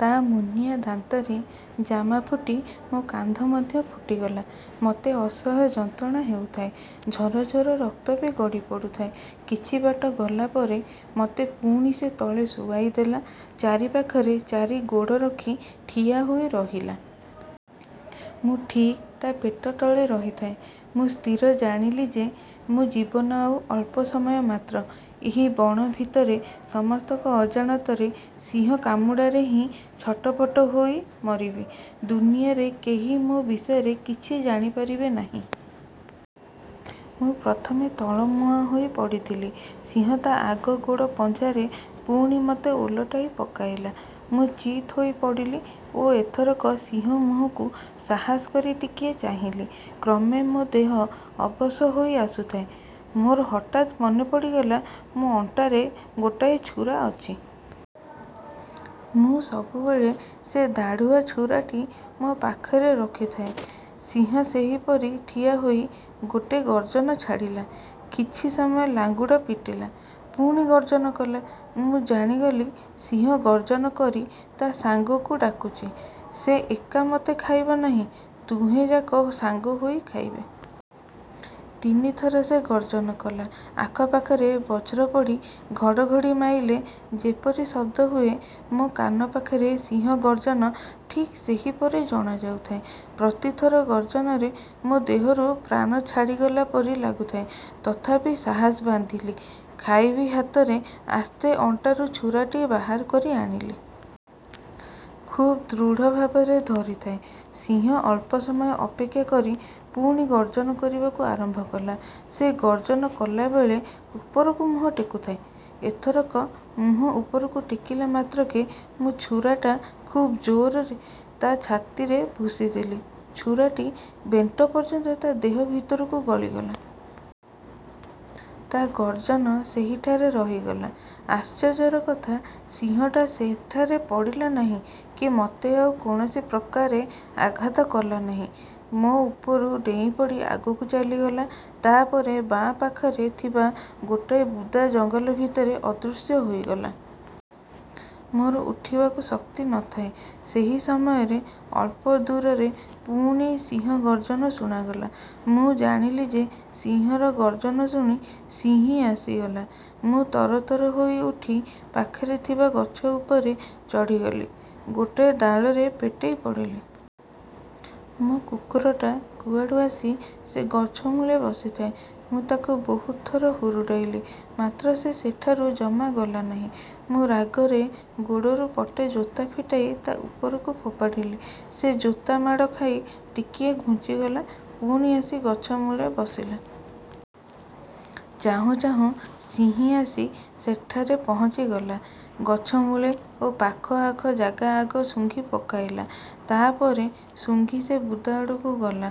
ତା' ମୁନିଆଁ ଦାନ୍ତରେ ଜାମା ଫୁଟି ମୋ କାନ୍ଧ ମଧ୍ୟ ଫୁଟିଗଲା। ମୋତେ ଅସହ୍ୟ ଯନ୍ତ୍ରଣା ହେଉଥାଏ; ଝରଝର ରକ୍ତ ବି ଗଡ଼ି ପଡ଼ୁଥାଏ। କିଛି ବାଟ ଗଲା ପରେ ମୋତେ ପୁଣି ସେ ତଳେ ଶୁଆଇ ଦେଲା। ଚାରିପାଖରେ ଚାରି ଗୋଡ଼ ରଖି ଠିଆ ହୋଇ ରହିଲା। ମୁଁ ଠିକ୍ ତା' ପେଟ ତଳେ ରହିଥାଏଁ। ମୁଁ ସ୍ଥିର ଜାଣିଲି ଯେ, ମୋ ଜୀବନ ଆଉ ଅଳ୍ପ ସମୟ ମାତ୍ର। ଏହି ବଣ ଭିତରେ ସମସ୍ତଙ୍କ ଅଜାଣତରେ ସିଂହ କାମୁଡ଼ାରେ ହିଁ ଛଟପଟ ହୋଇ ମରିବି। ଦୁନିଆରେ କେହି ମୋ ବିଷୟରେ କିଛି ଜାଣିପାରିବେ ନାହିଁ। ମୁଁ ପ୍ରଥମେ ତଳମୁହଁ। ହୋଇ ପଡ଼ିଥିଲି ସିଂହ ତା' ଆଗ ଗୋଡ଼ ପଞ୍ଝାରେ ପୁଣି ମୋତେ ଓଲଟାଇ ପକାଇଲା। ମୁଁ ଚିତ୍ ହୋଇ ପଡ଼ିଲି ଓ ଏଥରକ ସିଂହ ମୁହଁକୁ ସାହସ କରି ଟିକିଏ ଚାହିଁଲି-। କ୍ରମେ ମୋ ଦେହ ଅବଶ ହୋଇ ଆସୁଥାଏ। ମୋର ହଠାତ୍ ମନେ ପଡ଼ିଗଲା, ମୋ ଅଣ୍ଟାରେ ଗୋଟାଏ ଛୁରା ଅଛି। ମୁଁ ସବୁବେଳେ ସେ ଦାଢ଼ୁଆ ଛୁରାଟି ମୋ ପାଖରେ ରଖିଥାଏ। ସିଂହ ସେହିପରି ଠିଆ ହୋଇ ଗୋଟାଏ ଗର୍ଜନ ଛାଡ଼ିଲା। କିଛି ସମୟ ଲାଙ୍ଗୁଡ଼ ପିଟିଲା; ପୁଣି ଗର୍ଜନ କଲା। ମୁଁ ଜାଣିଗଲି, ସିଂହ ଗର୍ଜନ କରି ତା' ସାଙ୍ଗକୁ ଡାକୁଛି। ସେ ଏକା ମୋତେ ଖାଇବ ନାହିଁ; ଦୁହେଁଯାକ ସାଙ୍ଗ ହୋଇ ଖାଇବେ। ତିନି ଥର ସେ ଗର୍ଜନ କଲା। ଆଖପାଖରେ ବଜ୍ର ପଡ଼ି ଘଡ଼ଘଡ଼ି ମାଇଲେ ଯେପରି ଶବ୍ଦ ହୁଏ, ମୋ କାନପାଖରେ ସିଂହ ଗର୍ଜନ ଠିକ୍ ସେହିପରି ଜଣାଯାଉଥାଏ। ପ୍ରତିଥର ଗର୍ଜନରେ ମୋ ଦେହରୁ ପ୍ରାଣ ଛାଡ଼ିଗଲା ପରି ଲାଗୁଥାଏ। ତଥାପି ସାହସ ବାନ୍ଧିଲି। ଖାଇବି ହାତରେ ଆସ୍ତେ ଅଣ୍ଟାରୁ ଛୁରାଟି ବାହାର କରି ଆଣିଲି। ଖୁବ ଦୃଢ଼ଭାବରେ ଧରିଥାଏ। ସିଂହ ଅଳ୍ପ ସମୟ ଅପେକ୍ଷା କରି ପୁଣି ଗର୍ଜନ କରିବାକୁ ଆରମ୍ଭ କଲା। ସେ ଗର୍ଜନ କଲାବେଳେ ଉପରକୁ ମୁହଁ ଟେକୁଥାଏ। ଏଥରକ ମୁହଁ ଉପରକୁ ଟେକିଲା ମାତ୍ରକେ ମୁଁ ଛୁରାଟା ଖୁବ୍ ଜୋରରେ ତା' ଛାତିରେ ଭୁଷିଦେଲି। ଛୁରାଟି ବେଣ୍ଟ ପର୍ଯ୍ୟନ୍ତ ତା' ଦେହ ଭିତରକୁ ଗଳିଗଲା। ତା' ଗର୍ଜନ ସେହିଠାରେ ରହିଗଲା। ଆଶ୍ଚର୍ଯ୍ୟର କଥା, ସିଂହଟା ସେଠାରେ ପଡ଼ିଲା ନାହିଁ କି ମୋତେ ଆଉ କୌଣସି ପ୍ରକାରେ ଆଘାତ କଲା ନାହିଁ। ମୋ ଉପରୁ ଡେଇଁପଡ଼ି ଆଗକୁ ଚାଲିଗଲା। ତା'ପରେ ବାଁ ପାଖରେ ଥିବା ଗୋଟାଏ ବୁଦା ଜଙ୍ଗଲ ଭିତରେ ଅଦୃଶ୍ୟ ହୋଇଗଲା। ମୋର ଉଠିବାକୁ ଶକ୍ତି ନ ଥାଏ। ସେହି ସମୟରେ ଅଳ୍ପ ଦୂରରେ ପୁଣି ସିଂହ ଗର୍ଜନ ଶୁଣାଗଲା। ମୁଁ ଜାଣିଲି ଯେ, ସିଂହର ଗର୍ଜନ ଶୁଣି ସିଂହୀ ଆସିଗଲା। ମୁଁ ତରତର ହୋଇ ଉଠି ପାଖରେ ଥିବା ଗଛ ଉପରେ ଚଢ଼ିଗଲି। ଗୋଟାଏ ଡାଳରେ ପେଟେଇ ପଡ଼ିଲି। ମୋ କୁକୁରଟା କୁଆଡ଼ୁ ଆସି ସେ ଗଛମୂଳେ ବସିଥାଏ। ମୁଁ ତାକୁ ବହୁତ ଥର ହୁରୁଡ଼ାଇଲି; ମାତ୍ର ସେ ସେଠାରୁ ଜମା ଗଲା ନାହିଁ। ମୁଁ ରାଗରେ ଗୋଡ଼ରୁ ପଟେ ଜୋତା ଫିଟାଇ ତା' ଉପରକୁ ଫୋପାଡ଼ିଲି। ସେ ଜୋତା ମାଡ଼ ଖାଇ ଟିକିଏ ଘୁଞ୍ଚିଗଲା, ପୁଣି ଆସି ଗଛମୂଳେ ବସିଲା। ଚାହୁଁ ଚାହୁଁ ସିଂହୀ ଆସି ସେଠାରେ ପହଞ୍ଚିଗଲା, ଗଛମୂଳେ ଓ ପାଖଆଖ ଜାଗା ଆଗ ଶୁଙ୍ଘି ପକାଇଲା। ତା'ପରେ ଶୁଙ୍ଘି ସେ ବୁଦାଆଡ଼କୁ ଗଲା।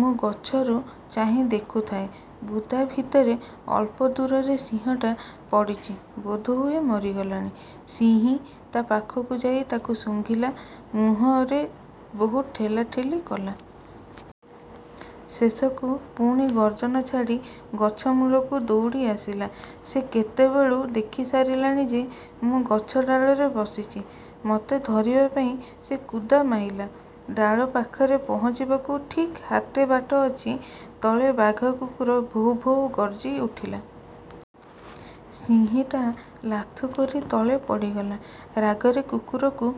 ମୁଁ ଗଛରୁ ଚାହିଁ ଦେଖୁଥାଏଁ, ବୁଦା ଭିତରେ ଅଳ୍ପ ଦୂରରେ ସିଂହଟା ପଡ଼ିଛି-ବୋଧହୁଏ ମରିଗଲାଣି। ସିଂହୀ ତା' ପାଖକୁ ଯାଇ ତାକୁ ଶୁଙ୍ଘିଲା, ମୁହଁରେ ବହୁତ ଠେଲାଠେଲି କଲା। ଶେଷକୁ ପୁଣି ଗର୍ଜନ ଛାଡ଼ି ଗଛ ମୂଳକୁ ଦଉଡ଼ି ଆସିଲା। ସେ କେତେବେଳୁ ଦେଖିସାରିଲାଣି ଯେ, ମୁଁ ଗଛ ଡାଳରେ ବସିଛି। ମୋତେ ଧରିବା ପାଇଁ ସେ କୁଦା ମାଇଲା। ଡାଳ ପାଖରେ ପହଞ୍ଚିବାକୁ ଠିକ୍ ହାତେ ବାଟ ଅଛି, ତଳେ ବାଘା କୁକୁର ଭୋ ଭୋ ଗର୍ଜିଉଠିଲା। ସିଂହୀଟା ଲାଥୁ କରି ତଳେ ପଡ଼ିଗଲା। ରାଗରେ କୁକୁରକୁ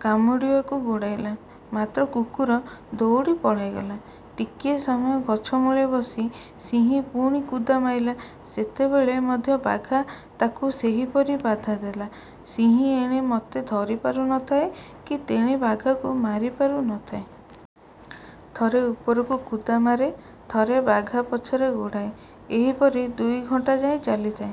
କାମୁଡ଼ିବାକୁ ଗୋଡ଼ାଇଲା; ମାତ୍ର କୁକୁର ଦଉଡ଼ି ପଳାଇଗଲା। ଟିକିଏ ସମୟ ଗଛମୂଳେ ବସି ସିଂହୀ ପୁଣି କୁଦା ମାଇଲା। ସେତେବେଳେ ମଧ୍ୟ ବାଘା ତାକୁ ସେହିପରି ବାଧା ଦେଲା। ସିଂହୀ ଏଣେ ମୋତେ ଧରିପାରୁ ନ ଥାଏ, କି ତେଣେ ବାଘାକୁ ମାରିପାରୁ ନ ଥାଏ। ଥରେ ଉପରକୁ କୁଦା ମାରେ, ଥରେ ବାଘା ପଛରେ ଗୋଡ଼ାଏ-ଏହିପରି ଦୁଇ ଘଣ୍ଟାଯାଏ ଚାଲିଥାଏ।